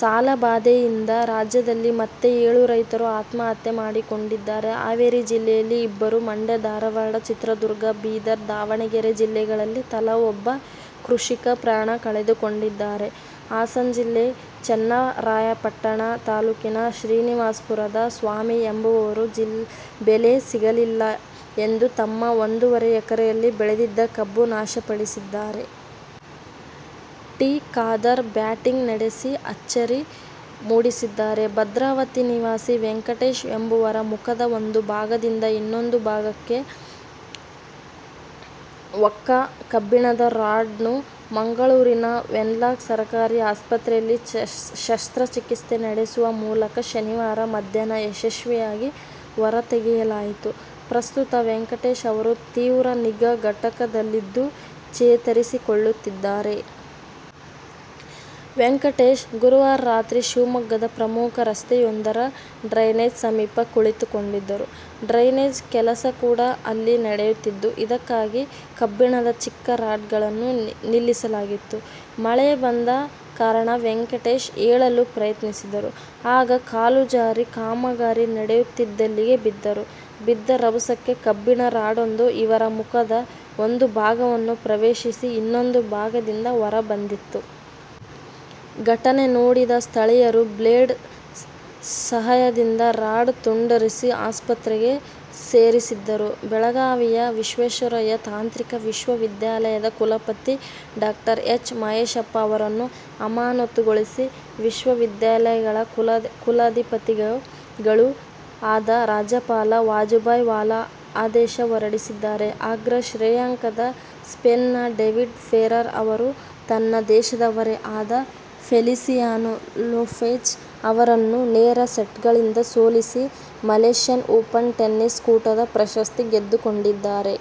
ಸಾಲ ಬಾಧೆಯಿಂದ ರಾಜ್ಯದಲ್ಲಿ ಮತ್ತೆ ಏಳು ರೈತರು ಆತ್ಮಹತ್ಯೆ ಮಾಡಿಕೊಂಡಿದ್ದಾರೆ. ಹಾವೇರಿ ಜಿಲ್ಲೆಯಲ್ಲಿ ಇಬ್ಬರು, ಮಂಡ್ಯ, ಧಾರವಾಡ, ಚಿತ್ರದುರ್ಗ, ಬೀದರ, ದಾವಣಗೆರೆ ಜಿಲ್ಲೆಗಳಲ್ಲಿ ತಲಾ ಒಬ್ಬ ಕೃಷಿಕ ಪ್ರಾಣ ಕಳೆದುಕೊಂಡಿದ್ದಾರೆ. ಹಾಸನ ಜಿಲ್ಲೆ ಚನ್ನರಾಯಪಟ್ಟಣ ತಾಲೂಕಿನ ಶ್ರೀನಿವಾಸ ಪುರದ ಸ್ವಾಮಿ ಎಂಬುವವರು ಬೆಲೆ ಸಿಗಲಿಲ್ಲ ಎಂದು ತಮ್ಮ ಒಂದೂವರೆ ಎಕರೆಯಲ್ಲಿ ಬೆಳೆದಿದ್ದ ಕಬ್ಬು ನಾಶಪಡಿಸಿದ್ದಾರೆ. ಟಿ. ಖಾದರ್ ಬ್ಯಾಟಿಂಗ್ ನಡೆಸಿ ಅಚ್ಚರಿ ಮೂಡಿಸಿದ್ದಾರೆ. ಭದ್ರಾವತಿ ನಿವಾಸಿ ವೆಂಕಟೇಶ್ ಎಂಬುವರ ಮುಖದ ಒಂದು ಭಾಗದಿಂದ ಇನ್ನೊಂದು ಭಾಗಕ್ಕೆ ಹೊಕ್ಕ ಕಬ್ಬಿಣದ ರಾಡ್ನ್ನು ಮಂಗಳೂರಿನ ವೆನ್ಲಾಕ್ ಸರಕಾರಿ ಆಸ್ಪತ್ರೆಯಲ್ಲಿ ಶಸ್ತ್ರಚಿಕಿತ್ಸೆ ನಡೆಸುವ ಮೂಲಕ ಶನಿವಾರ ಮಧ್ಯಾಹ್ನ ಯಶಸ್ವಿಯಾಗಿ ಹೊರತೆಗೆಯಲಾಯಿತು. ಪ್ರಸ್ತುತ ವೆಂಕಟೇಶ್ ಅವರು ತೀವ್ರ ನಿಗಾ ಘಟಕದಲ್ಲಿದ್ದು ಚೇತರಿಸಿಕೊಳ್ಳುತ್ತಿದ್ದಾರೆ. ವೆಂಕಟೇಶ್, ಗುರುವಾರ ರಾತ್ರಿ ಶಿವಮೊಗ್ಗದ ಪ್ರಮುಖ ರಸ್ತೆಯೊಂದರ ಡ್ರೈನೇಜ್ ಸಮೀಪ ಕುಳಿತುಕೊಂಡಿದ್ದರು. ಡ್ರೈನೇಜ್ ಕೆಲಸ ಕೂಡ ಅಲ್ಲಿ ನಡೆಯುತ್ತಿದ್ದು, ಇದಕ್ಕಾಗಿ ಕಬ್ಬಿಣದ ಚಿಕ್ಕ ರಾಡ್ಗಳನ್ನು ನಿಲ್ಲಿಸಲಾಗಿತ್ತು. ಮಳೆ ಬಂದ ಕಾರಣ ವೆಂಕಟೇಶ್ ಏಳಲು ಪ್ರಯತ್ನಿಸಿದರು. ಆಗ ಕಾಲು ಜಾರಿ ಕಾಮಗಾರಿ ನಡೆಯುತ್ತಿದ್ದಲ್ಲಿಗೆ ಬಿದ್ದರು. ಬಿದ್ದ ರಭಸಕ್ಕೆ ಕಬ್ಬಿಣದ ರಾಡೊಂದು ಇವರ ಮುಖದ ಒಂದು ಭಾಗವನ್ನು ಪ್ರವೇಶಿಸಿ, ಇನ್ನೊಂದು ಭಾಗದಿಂದ ಹೊರ ಬಂದಿತ್ತು. ಘಟನೆ ನೋಡಿದ ಸ್ಥಳೀಯರು ಬ್ಲೇಡ್ ಸಹಾಯದಿಂದ ರಾಡ್ ತುಂಡರಿಸಿ, ಆಸ್ಪತ್ರೆಗೆ ಸೇರಿಸಿದ್ದರು. ಬೆಳಗಾವಿಯ ವಿಶ್ವೇಶ್ವರಯ್ಯ ತಾಂತ್ರಿಕ ವಿಶ್ವವಿದ್ಯಾಲಯದ ಕುಲಪತಿ ಡಾ ಎಚ್. ಮಹೇಶಪ್ಪ ಅವರನ್ನು ಅಮಾನತುಗೊಳಿಸಿ ವಿಶ್ವವಿದ್ಯಾಲಯಗಳ ಕುಲಾಧಿಪತಿಗಳೂ ಆದ ರಾಜ್ಯಪಾಲ ವಜುಭಾಯಿ ವಾಲಾ ಆದೇಶ ಹೊರಡಿಸಿದ್ದಾರೆ. ಅಗ್ರ ಶ್ರೇಯಾಂಕದ ಸ್ಪೇನ್ನ ಡೇವಿಡ್ ಫೆರರ್ ಅವರು ತನ್ನ ದೇಶದವರೇ ಆದ ಫೆಲಿಸಿಯಾನೊ ಲೊಪೆಜ್ ಅವರನ್ನು ನೇರ ಸೆಟ್ಗಳಿಂದ ಸೋಲಿಸಿ ಮಲೇಶ್ಯನ್ ಓಪನ್ ಟೆನಿಸ್ ಕೂಟದ ಪ್ರಶಸ್ತಿ ಗೆದ್ದುಕೊಂಡಿದ್ದಾರೆ.